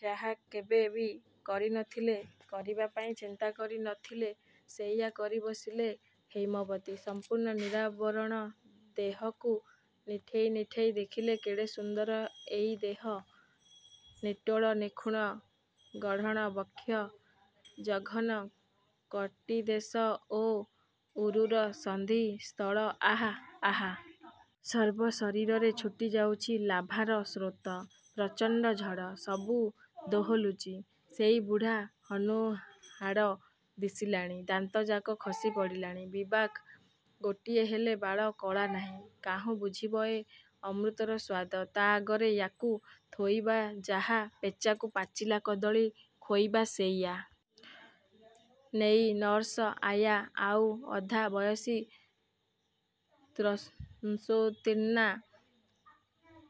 ଯାହା କେବେ ବି କରି ନଥିଲେ, କରିବାପାଇଁ ଚିନ୍ତାକରି ନ ଥିଲେ, ସେଇଆ କରି ବସିଲେ ହୈମବତୀ। ସମ୍ପୂର୍ଣ୍ଣ ନିରାବରଣ ଦେହକୁ ନିଠେଇ ନିଠେଇ ଦେଖିଲେ କେଡ଼େ ସୁନ୍ଦର ଏଇ ଦେହ-! ନିଟୋଳ ନିଖୁଣ ଗଢ଼ଣ-ବକ୍ଷ, ଜଘନ, କଟୀଦେଶ ଓ ଉରୁର ସନ୍ଧି-ସ୍ଥଳ। ଆଃ ଆଃ... ସର୍ବ ଶରୀରରେ ଛୁଟି ଯାଉଛି ଲାଭାର ସ୍ରୋତ। ପ୍ରଚଣ୍ଡ ଝଡ଼... ସବୁ ଦୋହଲୁଚି। ସେଇ ବୁଢ଼ା... ହନୁହାଡ଼ ଦିଶିଲାଣି। ଦାନ୍ତଯାକ ଖସି ପଡ଼ିଲାଣି ବିବାକ୍। ଗୋଟିଏ ହେଲେ ବାଳ କଳା ନାହିଁ। କାହୁଁ ବୁଝିବ ଏ ଅମୃତର ସ୍ୱାଦ? ତା' ଆଗରେ ୟା'କୁ ଥୋଇବା ଯାହା, ପେଚାକୁ ପାଚିଲା କଦଳୀ ଖୋଇବା ସେଇଆ। ସେଇ ନର୍ସ, ଆୟା, ଆଉ, ଅଧା ବୟସୀ ତ୍ରଂଶୋତୀର୍ଣ୍ଣା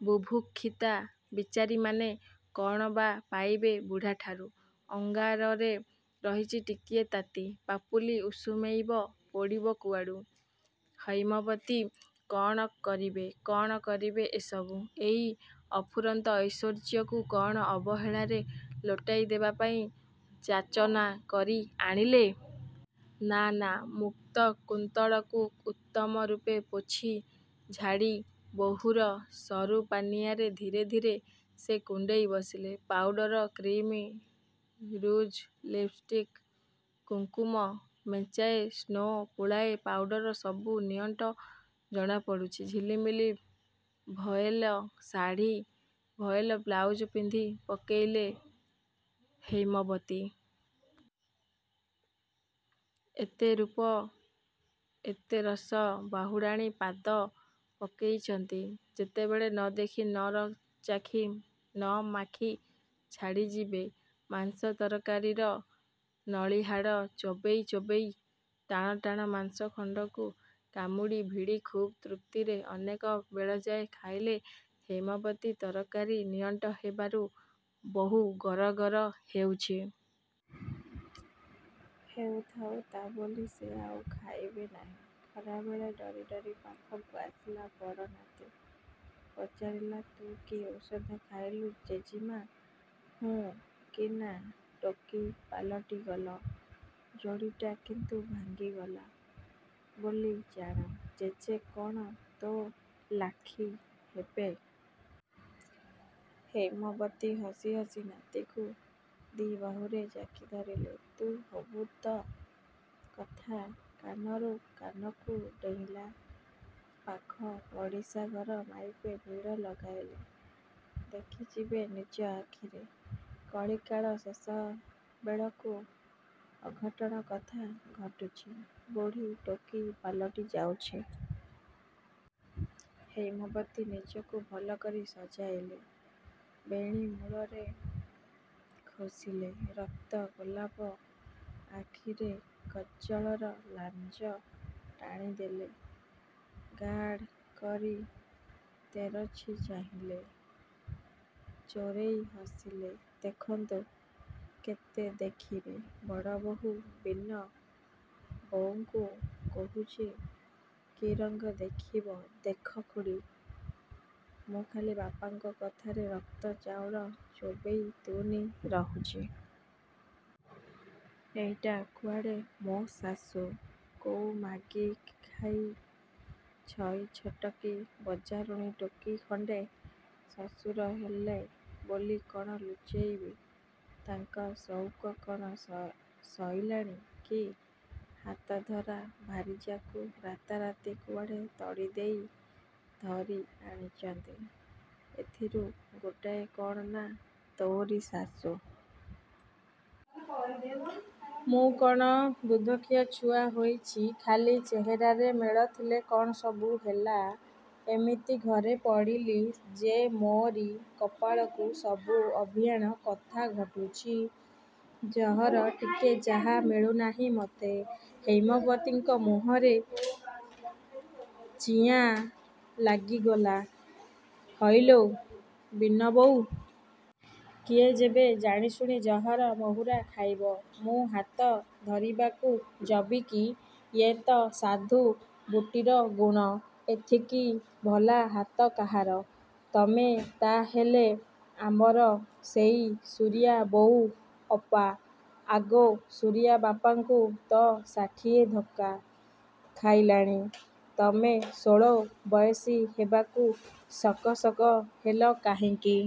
ବୁଭୁକ୍ଷୀତା ବିଚାରୀମାନେ... କ'ଣ ବା ପାଇବେ ବୁଢ଼ାଠାରୁ? ଅଙ୍ଗାରରେ ରହିଛି ଟିକିଏ ତାତି- ପାପୁଲି ଉସୁମେଇବ, ପୋଡ଼ିବ କୁଆଡ଼ୁ? ହୈମବତୀ କ'ଣ କରିବେ? କ'ଣ କରିବେ ଏସବୁ? ଏଇ ଅଫୁରନ୍ତ ଐଶ୍ୱଯ୍ୟକୁ କ'ଣ ଅବହେଳାରେ ଲୋଟାଇ ଦେବାପାଇଁ ଯାଚନା କରି ଆଣିଲେ? ନା, ନାଁ ମୁକ୍ତ କୁନ୍ତଳକୁ ଉତ୍ତମ ରୂପେ ପୋଛି ଝାଡ଼ି ବୋହୂର ସରୁ ପାନିଆରେ ଧୀରେ ଧୀରେ ସେ କୁଣ୍ଡେଇ ବସିଲେ। ପାଉଡ଼ର, କ୍ରିମ, ଋଜ୍, ଲିପ୍ଷ୍ଟିକ, କୁଙ୍କୁମ...। ମେଞ୍ଚାଏ ସ୍ନୋ, ପୁଳାଏ ପାଉଡ଼ର ସବୁ ନିଅଣ୍ଟ ଜଣାପଡ଼ୁଛି ଝିଲିମିଲି ଭୟେଲ ଶାଢ଼ୀ, ଭୟେଲ ବ୍ଲାଉଜ ପିନ୍ଧି ପକେଇଲେ ହୈମବତୀ। ଏତେ ରୂପ ଏତେରସ ବାହୁଡ଼ାଣୀ ପାଦ ପକେଇଛନ୍ତି ଯେତେବେଳେ, ନ ଦେଖି, ନ ଚାଖି, ନ ମାଖି, ଛାଡ଼ିଯିବେ? ମାଂସ ତରକାରୀର ନଳିହାଡ଼ ଚୋବେଇ ଚୋବେଇ ଟାଣ ଟାଣ ମାଂସ ଖଣ୍ଡକୁ କାମୁଡ଼ି ଭିଡ଼ି ଖୁବ୍ ତୃପ୍ତିରେ ଅନେକ ବେଳଯାଏ ଖାଇଲେ ହୈମବତୀ। ତରକାରୀ ନିଅଣ୍ଟ ହେବାରୁ ବୋହୂ ଗର ଗର ହେଉଛି। ହେଉଥାଉ, ତା' ବୋଲି ସେ ଆଉ ଖାଇବେ ନାହିଁ? ଖରାବେଳେ ଡରି ଡରି ପାଖକୁ ଆସିଲା ବଡ଼ ନାତି। ପଚାରିଲା; ''ତୁ, କି ଔଷଧ ଖାଇଲୁ ଜେଜୀମା, ହୁ କିନା ଟୋକୀ ପାଲଟି ଗଲ? ଯୋଡ଼ିଟା କିନ୍ତୁ ଭାଙ୍ଗିଗଲା ବୋଲି ଜାଣ। ଜେଜେ କ'ଣ ତୋ' ଲାଖି ହେବେ? ହୈମବତୀ ହସି ହସି ନାତିକୁ ଦି'ବାହୁରେ ଜାକି ଧରିଲେ। "ତୁ ହବୁତ? " କଥା କାନରୁ କାନକୁ ଡେଇଁଲା, ପାଖ ପଡ଼ିଶା ଘର ମାଇପେ ଭିଡ଼ ଲଗାଇଲେ। ଦେଖିଯିବେ ନିଜ ଆଖିରେ। କଳିକାଳ ଶେଷ ବେଳକୁ ଅଘଟଣ କଥା ଘଟୁଛି। ବୁଢ଼ୀ ଟୋକୀ ପାଲଟି ଯାଉଛି। ହୈମବତୀ ନିଜକୁ ଭଲକରି ସଜାଇଲେ। ବେଣୀ ମୂଳରେ। ଖୋଷିଲେ ରକ୍ତ ଗୋଲାପ-। ଆଖିରେ କଜ୍ଜଳର ଲାଞ୍ଜ ଟାଣି ଦେଲେ, ଗାଢ଼ କରି; ତେରଛି ଚାହିଁଲେ ଚୋରେଇ ହସିଲେ ଦେଖନ୍ତୁ କେତେ ଦେଖିବେ...। ବଡ଼ବୋହୂ ବୀନ ବୋଉଙ୍କୁ କହୁଛି... ''କି ରଙ୍ଗ ଦେଖିବ, ଦେଖ ଖୁଡ଼ୀ। ମୁଁ ଖାଲି ବାପାଙ୍କ କଥାରେ ରକ୍ତ ଚାଉଳ ଚୋବେଇ ତୁନି ରହୁଛି। ଏଇଟା କୁଆଡ଼େ ମୋ ଶାଶୁ? କୋଉ ମାଗି ଖାଇ ଛଇ ଛଟକୀ ବଜାରୁଣୀ ଟୋକୀ ଖଣ୍ଡେ। ଶଶୁର ହେଲେ ବୋଲି କ'ଣ ଲୁଚେଇବି-? ତାଙ୍କ ସଉକ କ'ଣ ସଇଲାଣି କି? ହାତଧରା ଭାରିଜାକୁ ରାତାରାତି କୁଆଡ଼େ ତଡ଼ି ଦେଇ, ଧରି ଆଣିଛନ୍ତି ଏଥିରୁ ଗୋଟାଏ, କ'ଣ ନା' ତୋଅରି ଶାଶୁ। ମୁଁ କ'ଣ ଦୁଧଖିଆ ଛୁଆ ହୋଇଛି? ଖାଲି ଚେହେରାରେ ମେଳ ଥିଲେ କ'ଣ ସବୁ ହେଲା? ଏମିତି ଘରେ ପଡ଼ିଲି ଯେ ମୋଅରି କପାଳକୁ ସବୁ ଅଭିଆଣ କଥା ଘଟୁଛି। ଜହର ଟିକେ ଯାହା ମିଳୁନାହିଁ ମତେ। '' ହୈମବତୀଙ୍କ ମୁହଁରେ ଚିଆଁ ଲାଗିଗଲା ''ହଇଲୋ, ବୀନବୋଉ! କିଏ ଯେବେ ଜାଣିଶୁଣି ଜହର ମହୁରା ଖାଇବ, ମୁଁ ହାତ ଧରିବାକୁ ଯବି କି? ୟେ'ତ ସାଧୁ ବୁଟିର ଗୁଣ ଏଥିକି ଭଲା ହାତ କାହାର? '' ''ତମେ ତା' ହେଲେ ଆମର ସେଇ ସୁରିଆ-ବୋଉ ଅପା? ଆଗୋ, ସୁରିଆ ବାପାଙ୍କୁ ତ ଷାଠିଏ ଧକ୍କା ଖାଇଲାଣି, ତମେ ଷୋଳ ବୟସୀ ହେବାକୁ ସକ ସକ ହେଲ କାହିଁକି?